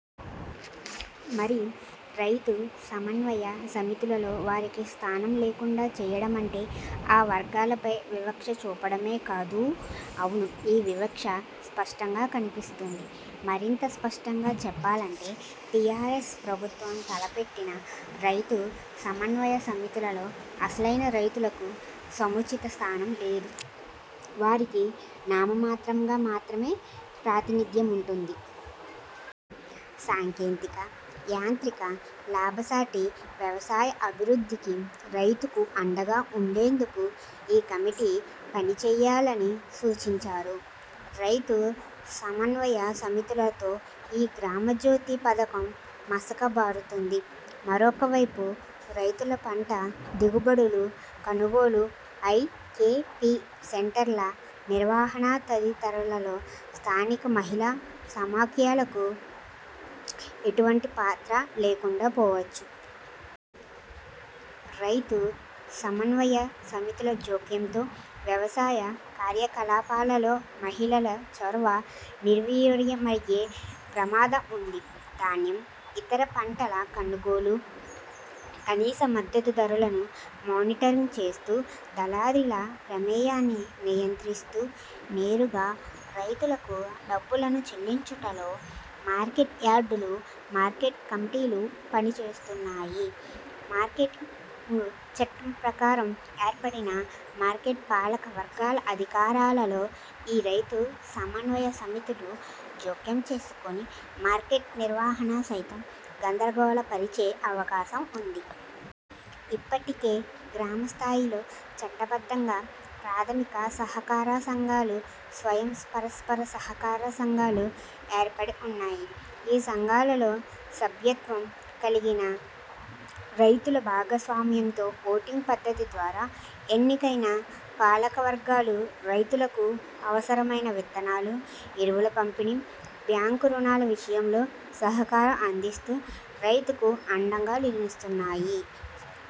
మరి రైతు సమన్వయ సమితులలో వారికి స్థానం లేకుండా చేయడమంటే ఆ వర్గాలపై వివక్ష చూపడమే కాదూ? అవును, ఈ వివక్ష స్పష్టంగా కన్పిస్తోంది. మరింత స్పష్టంగా చెప్పాలంటే టీఆర్ఎస్ ప్రభుత్వం తలపెట్టిన రైతు సమన్వయ సమితులలో అసలైన రైతులకు సముచిత స్థానం లేదు. వారికి నామమాత్రంగా మాత్రమే ప్రాతినిధ్యముంటుంది. సాంకేతిక, యాంత్రిక, లాభసాటి వ్యవసాయ అభివృద్ధికి రైతుకు అండగా ఉండేందుకు ఈ కమిటి పనిచేయాలని సూచించారు. రైతు సమన్వయ సమితులతో ఈ 'గ్రామజ్యోతి' పథకం మసక బారుతుంది. మరొకవైపు రైతుల పంట దిగుబడుల కొనుగోలు, ఐ. కె. పి. సెంటర్ల నిర్వహణ తదితరాలలో స్థానిక మహిళా సమాఖ్యలకు ఎటువంటి పాత్ర లేకుండా పోవచ్చు. రైతు సమన్వయ సమితుల జోక్యంతో వ్యవసాయ కార్యకలాపాలలో మహిళల చొరవ నిర్వీర్యమయ్యే ప్రమాదం ఉంది. ధాన్యం, ఇతర పంటల కొనుగోలు, కనీస మద్దతు ధరలను మానిటరింగ్ చేస్తూ దళారీల ప్రమేయాన్ని నియంత్రిస్తూ నేరుగా రైతులకు డబ్బులను చెల్లించుటలో మార్కెట్ యార్డులు, మార్కెట్ కమిటీలు పనిచేస్తున్నాయి. మార్కెటింగ్ చట్టం ప్రకారం ఏర్పడిన మార్కెట్ పాలక వర్గాల అధికారాలలో ఈ రైతు సమన్వయ సమితులు జోక్యం చేసుకుని మార్కెట్ నిర్వహణ సైతం గందరగోళ పరిచే అవకాశం ఉంది. ఇప్పటికే గ్రామ స్థాయిలో చట్టబద్ధంగా ప్రాథమిక సహకార సంఘాలు, స్వయం పరస్పర సహకార సంఘాలు ఏర్పడివున్నాయి. ఈ సంఘాలలో సభ్యత్వం కలిగిన రైతుల భాగస్వామ్యంతో ఓటింగ్ పద్ధతి ద్వారా ఎన్నికైన పాలక వర్గాలు రైతులకు అవసరమైన విత్తనాలు, ఎరువుల పంపిణి, బ్యాంకు ఋణాల విషయంలో సహకారం అందిస్తూ రైతుకు అండగా నిలుస్తున్నవి.